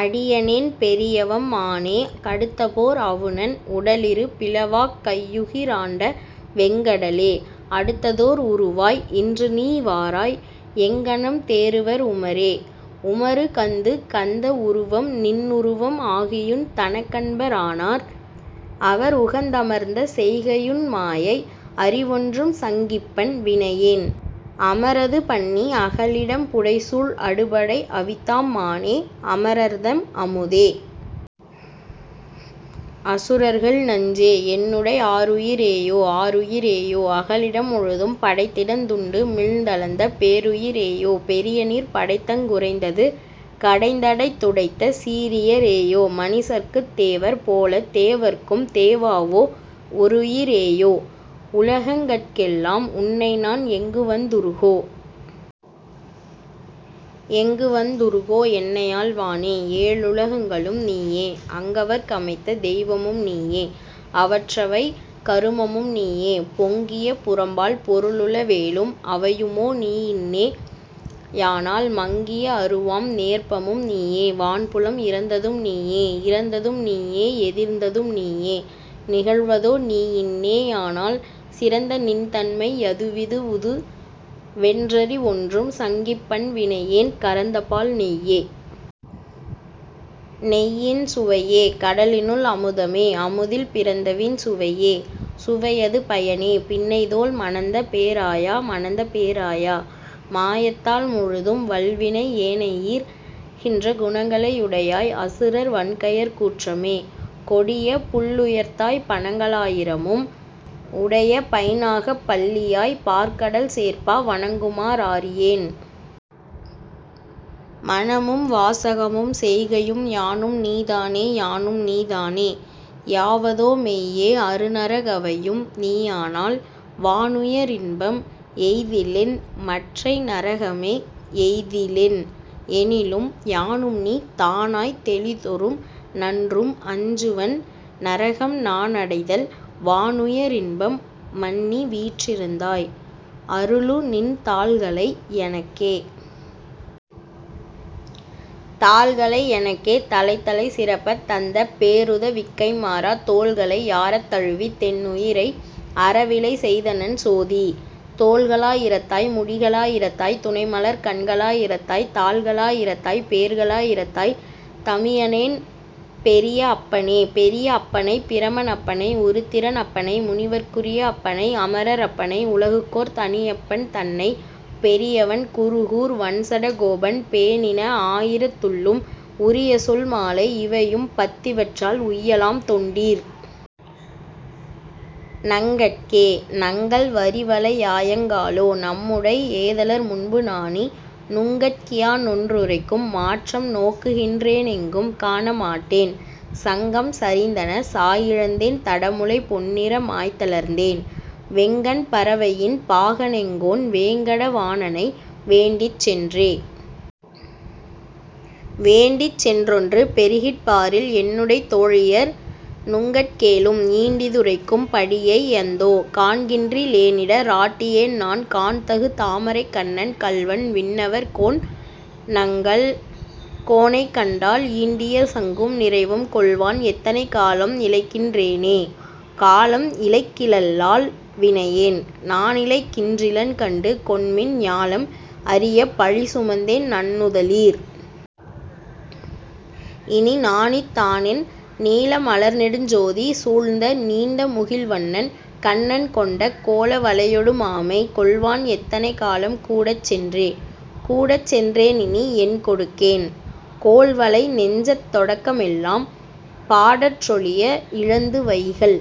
அடியனேன் பெரியவம் மானே, கடுத்தபோர் அவுணன் உடலிரு பிளவாக் கையுகி ராண்டவெங் கடலே, அடுத்ததோர் உருவாய் இன்றுநீ வாராய்। எங்ஙனம் தேறுவர் உமரே?. உமருகந் துகந்த வுருவம்நின் னுருவம் ஆகியுன் தனக்கன்ப ரானார் அவர், உகந் தமர்ந்த செய்கையுன் மாயை அறிவொன்றும் சங்கிப்பன் வினையேன், அமரது பண்ணி அகலிடம் புடைசூழ் அடுபடை அவித்தாம் மானே, அமரர்தம் அமுதே. அசுரர்கள் நஞ்சே. என்னுடை ஆருயி ரேயோ.. ஆருயி ரேயோ. அகலிடம் முழுதும் படைத்திடந் துண்டுமிழ்ந் தளந்த, பேருயி ரேயோ. பெரியநீர் படைத்தங் குறைந்தது கடைந்தடைத் துடைத்த, சீரிய ரேயோ. மனிசர்க்குத் தேவர் போலத்தே வர்க்கும்தே வாவோ, ஒருயி ரேயோ. உலகங்கட் கெல்லாம் உன்னைநான் எங்குவந் துறுகோ?. எங்குவந் துறுகோ என்னையாள் வானே. ஏழுல கங்களும் நீயே, அங்கவர்க் கமைத்த தெய்வமும் நீயே அவற்றவை கருமமும் நீயே, பொங்கிய புறம்பால் பொருளுள வேலும் அவையுமோ நீயின்னே யானால் மங்கிய அருவாம் நேர்ப்பமும் நீயே வான்புலம் இறந்ததும் நீயே.. இறந்ததும் நீயே எதிர்ந்ததும் நீயே நிகழ்வதோ நீயின்னே யானால், சிறந்தநின் தன்மை யதுவிது வுதுவென் றறிவொன்றும் சங்கிப்பன் வினையேன், கறந்தபால் நெய்யே. நெய்யின் சுவையே. கடலினுள் அமுதமே, அமுதில் பிறந்தவின் சுவையே. சுவையது பயனே. பின்னைதோள் மணந்தபே ராயா.. மணந்தபே ராயா. மாயத்தால் முழுதும் வல்வினை யேனையீர் கின்ற, குணங்களை யுடையாய். அசுரர்வன் கையர் கூற்றமே. கொடியபுள் ளுயர்த்தாய், பணங்களா யிரமும் உடையபைந் நாகப் பள்ளியாய். பாற்கடல் சேர்ப்பா, வணங்குமா றாறியேன். மனமும்வா சகமும் செய்கையும் யானும்நீ தானே.. யானும்நீ தானே யாவதோ மெய்யே அருநர கவையும் நீயானால், வானுய ரின்பம் எய்திலென் மற்றை நரகமே யெய்திலென்? எனிலும், யானும்நீ தானாய்த் தெளிதொறும் நன்றும் அஞ்சுவன் நரகம்நா னடைதல், வானுய ரின்பம் மன்னிவீற் றிருந்தாய். அருளுநின் தாள்களை யெனக்கே.. தாள்களை யெனக்கே தலைத்தலை சிறப்பத் தந்தபே ருதவிக்கைம் மாறா, தோள்களை யாரத் தழுவிதென் னுயிரை அறவிலை செய்தனன் சோதீ, தோள்களா யிரத்தாய். முடிகளா யிரத்தாய். துணைமலர்க் கண்களா யிரத்தாய், தாள்களா யிரத்தாய். பேர்களா யிரத்தாய். தமியனேன் பெரிய அப்பனே. பெரிய அப்பனைப் பிரமன் அப்பனை உருத்திரன் அப்பனை, முனிவர்க் குரிய அப்பனை அமரர் அப்பனை உலகுக்கோர் தனியப்பன் தன்னை, பெரியவண் குருகூர் வண்சட கோபன் பேணின ஆயிரத் துள்ளும், உரியசொல் மாலை இவையும்பத் திவற்றால் உய்யலாம் தொண்டீர். நங் கட்கே. நங்கள் வரிவளை யாயங் காளோ. நம்முடை ஏதலர் முன்பு நாணி, நுங்கட் கியானொன்று ரைக்கும் மாற்றம் நோக்குகின் றேனெங்கும் காண மாட்டேன், சங்கம் சரிந்தன சாயி ழந்தேன் தடமுலை பொன்னிற மாய்த்த ளர்ந்தேன், வெங்கண் பறவையின் பாக னெங்கோன் வேங்கட வாணணை வேண்டிச் சென்றே.. வேண்டிச்சென் றொன்று பெறுகிற் பாரில் என்னுடைத் தோழியர் நுங்கட் கேலும், ஈண்டிது ரைக்கும் படியை யந்தோ. காண்கின்றி லேனிட ராட்டி யேன்நான், காண்தகு தாமரைக் கண்ணன் கள்வன் விண்ணவர் கோன்நங்கள் கோனைக் கண்டால், ஈண்டிய சங்கும் நிறைவும் கொள்வான் எத்தனை காலம் இளைக்கின் றேனே.. காலம் இளைக்கிலால் லால்வி னையேன் நானிளைக் கின்றிலன் கண்டு கொண்மின், ஞாலம் அறியப் பழிசு மந்தேன் நன்னுத லீர். இனி நாணித் தானென், நீல மலர்நெடுஞ் சோதி சூழ்ந்த நீண்ட முகில்வண்ணன் கண்ணன் கொண்ட, கோல வளையொடு மாமை கொள்வான் எத்தனை காலம்கூ டச்சென்றே?. கூடச்சென் றேனினி என்கொ டுக்கேன்? கோல்வளை நெஞ்சத் தொடக்க மெல்லாம், பாடற் றொழிய இழந்து வைகல்